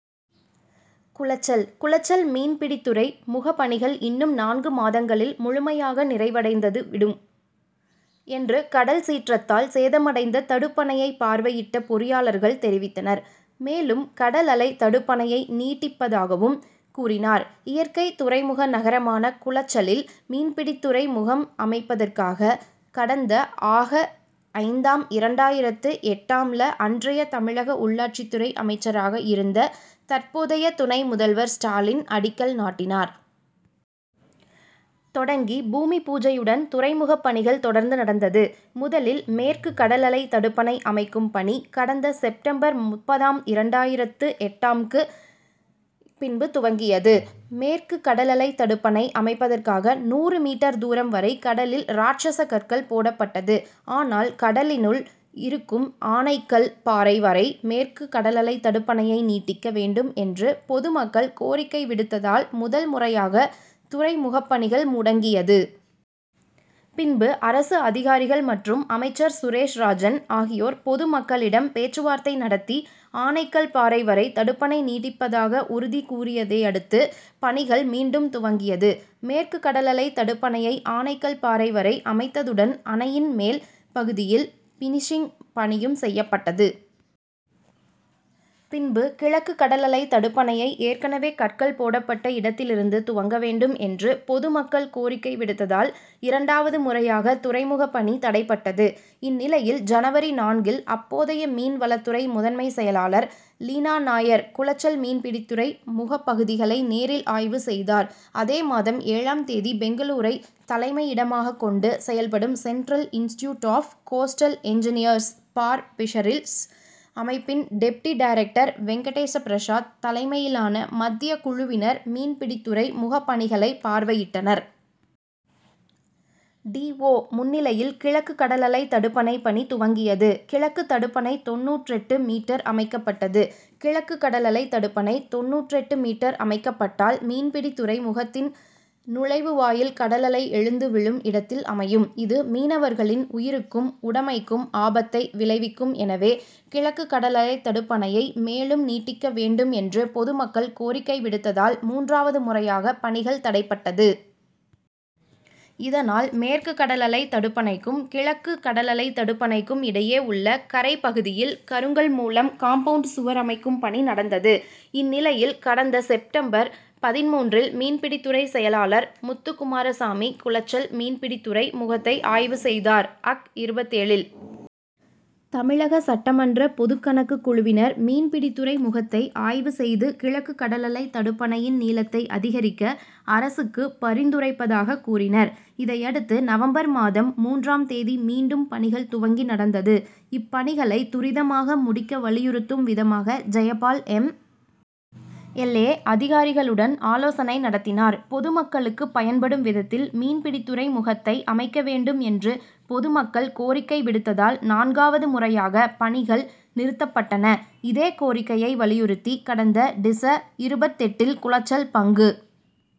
குளச்சல் குளச்சல் மீன்பிடித்துறை முகபணிகள் இன்னும் நான்கு மாதங்களில் முழுமையாக நிறைவடைந்தது விடும் என்று கடல் சீற்றத்தால் சேதமடைந்த தடுப்பணையை பார்வையிட்ட பொறியாளர்கள் தெரிவித்தனர். மேலும் கடலலை தடுப்பணையை நீட்டிப்பதாகவும் கூறினார். இயற்கை துறைமுக நகரமான குளச்சலில் மீன்பிடித்துறை முகம் அமைப்பதற்காக கடந்த ஆக. ஐந்தாம், இரண்டாயிரத்து எட்டாம்ல் அன்றைய தமிழக உள்ளாட்சித்துறை அமைச்சராக இருந்த தற்போதைய துணை முதல்வர் ஸ்டாலின் அடிக்கல் நாட்டினார். தொடங்கி பூமி பூஜையுடன் துறைமுகப்பணிகள் தொடர்ந்து நடந்தது. முதலில் மேற்க்கு கடலலை தடுப்பணை அமைக்கும் பணி கடந்த செப்டம்பர். முப்பதாம், இரண்டாயிரத்து எட்டாம்க்கு பின்பு துவங்கியது. மேற்க்கு கடலலை தடுப்பணை அமைப்பதற்காக நூறு மீட்டர் தூரம் வரை கடலில் ராட்சஷ கற்கள் போடப்பட்டது. ஆனால் கடலினுள் இருக்கும் ஆனைக்கல் பாறை வரை மேற்க்கு கடலலை தடுப்பணையை நீட்டிக்க வேண்டும் என்று பொது மக்கள் கோரிக்கை விடுத்ததால் முதல் முறையாக துறை முகப்பணிகள் முடங்கியது. பின்பு அரசு அதிகாரிகள் மற்றும் அமைச்சர் சுரேஷ் ராஜன் ஆகியோர் பொது மக்களிடம் பேச்சுவார்த்தை நடத்தி ஆனைக்கல் பாறை வரை தடுப்பணை நீட்டிப்பதாக உறுதி கூறியதையடுத்து பணிகள் மீண்டும் துவங்கியது. மேற்க்கு கடலலை தடுப்பணையை ஆனைக்கல் பாறை வரை அமைத்ததுடன் அணையின் மேல் பகுதியில் பினிசிங் பணியும் செய்யப்பட்டது. பின்பு கிழக்கு கடலலை தடுப்பணையை ஏற்கனவே கற்கள் போடப்பட்ட இடத்திலிருந்து துவங்க வேண்டும் என்று பொது மக்கள் கோரிக்கை விடுத்ததால் இரண்டாவது முறையாக துறைமுக பணி தடைபட்டது. இந்நிலையில் ஜனவரி நான்கில் அப்போதைய மீன் வளத்துறை முதன்மை செயலாளர் லீனாநாயர் குளச்சல் மீன்பிடித்துறை முகபகுதிகளை நேரில் ஆய்வு செய்தார் அதே மாதம் ஏழாம் தேதி பெங்களூரை தலைமை இடமாக கொண்டு செயல்படும் Central Institute of Coastal Engineering for Fisheries அமைப்பின் டெப்டி டைரக்டர் வெங்கடேச பிரசாத் தலைமையிலான மத்திய குழுவினர் மீன்பிடித்துறை முகபணிகளை பார்வையிட்டனர். டி. ஓ முன்னிலையில் கிழக்கு கடலலை தடுப்பணை பணி துவங்கியது. கிழக்கு தடுப்பணை தொண்ணூற்றெட்டு மீட்டர் அமைக்கப்பட்டது. கிழக்கு கடலலை தடுப்பணை தொண்ணூற்றெட்டு மீட்டர் அமைக்கப்பட்டால் மீன்பிடி துறை முகத்தின் நுழைவு வாயில் கடலலை எழுந்து விழும் இடத்தில் அமையும். இது மீனவர்களின் உயிருக்கும் உடைமைக்கும் ஆபத்தை விளைவிக்கும் எனவே கிழக்கு கடலலை தடுப்பணையை மேலும் நீட்டிக்க வேண்டும் என்று பொது மக்கள் கோரிக்கை விடுத்ததால் மூன்றாவது முறையாக பணிகள் தடைப்பட்டது. இதனால் மேற்கு கடலலை தடுப்பணைக்கும், கிழக்கு கடலலை தடுப்பணைக்கும் இடையே உள்ள கரை பகுதியில் கருங்கல் மூலம் காம்பவுண்டு சுவர் அமைக்கும் பணி நடந்தது. இந்நிலையில் கடந்த செப்டம்பர். பதின்மூன்றில் மீன்பிடித்துறை செயலாளர் முத்து குமார சாமி குளச்சல் மீன் பிடித்துறை முகத்தை ஆய்வு செய்தார். அக்.இருபத்தேழில் தமிழக சட்டமன்ற பொதுக் கணக்கு குழுவினர் மீன்பிடித்துறை முகத்தை ஆய்வு செய்து கிழக்கு கடலலை தடுப்பணையின் நீளத்தை அதிகரிக்க அரசுக்கு பரிந்துரைப்பதாக கூறினர். இதையடுத்து நவம்பர் மாதம் மூன்றாம் தேதி மீண்டும் பணிகள் துவங்கி நடந்தது. இப் பணிகளை துரிதமாக முடிக்கவலியுறுத்தும் விதமாக ஜெயபால் எம். எல். ஏ., அதிகாரிகளுடன் ஆலோசனை நடத்தினார். பொது மக்களுக்கு பயன்படும் விதத்தில் மீன்பிடித்துறை முகத்தை அமைக்க வேண்டும் என்று பொது மக்கள் கோரிக்கை விடுத்ததால் நான்காவது முறையாக பணிகள் நிறுத்தப்பட்டன. இதே கோரிக்கையை வலியுறுத்தி கடந்த டிச.இருபத்தெட்டில் குளச்சல் பங்கு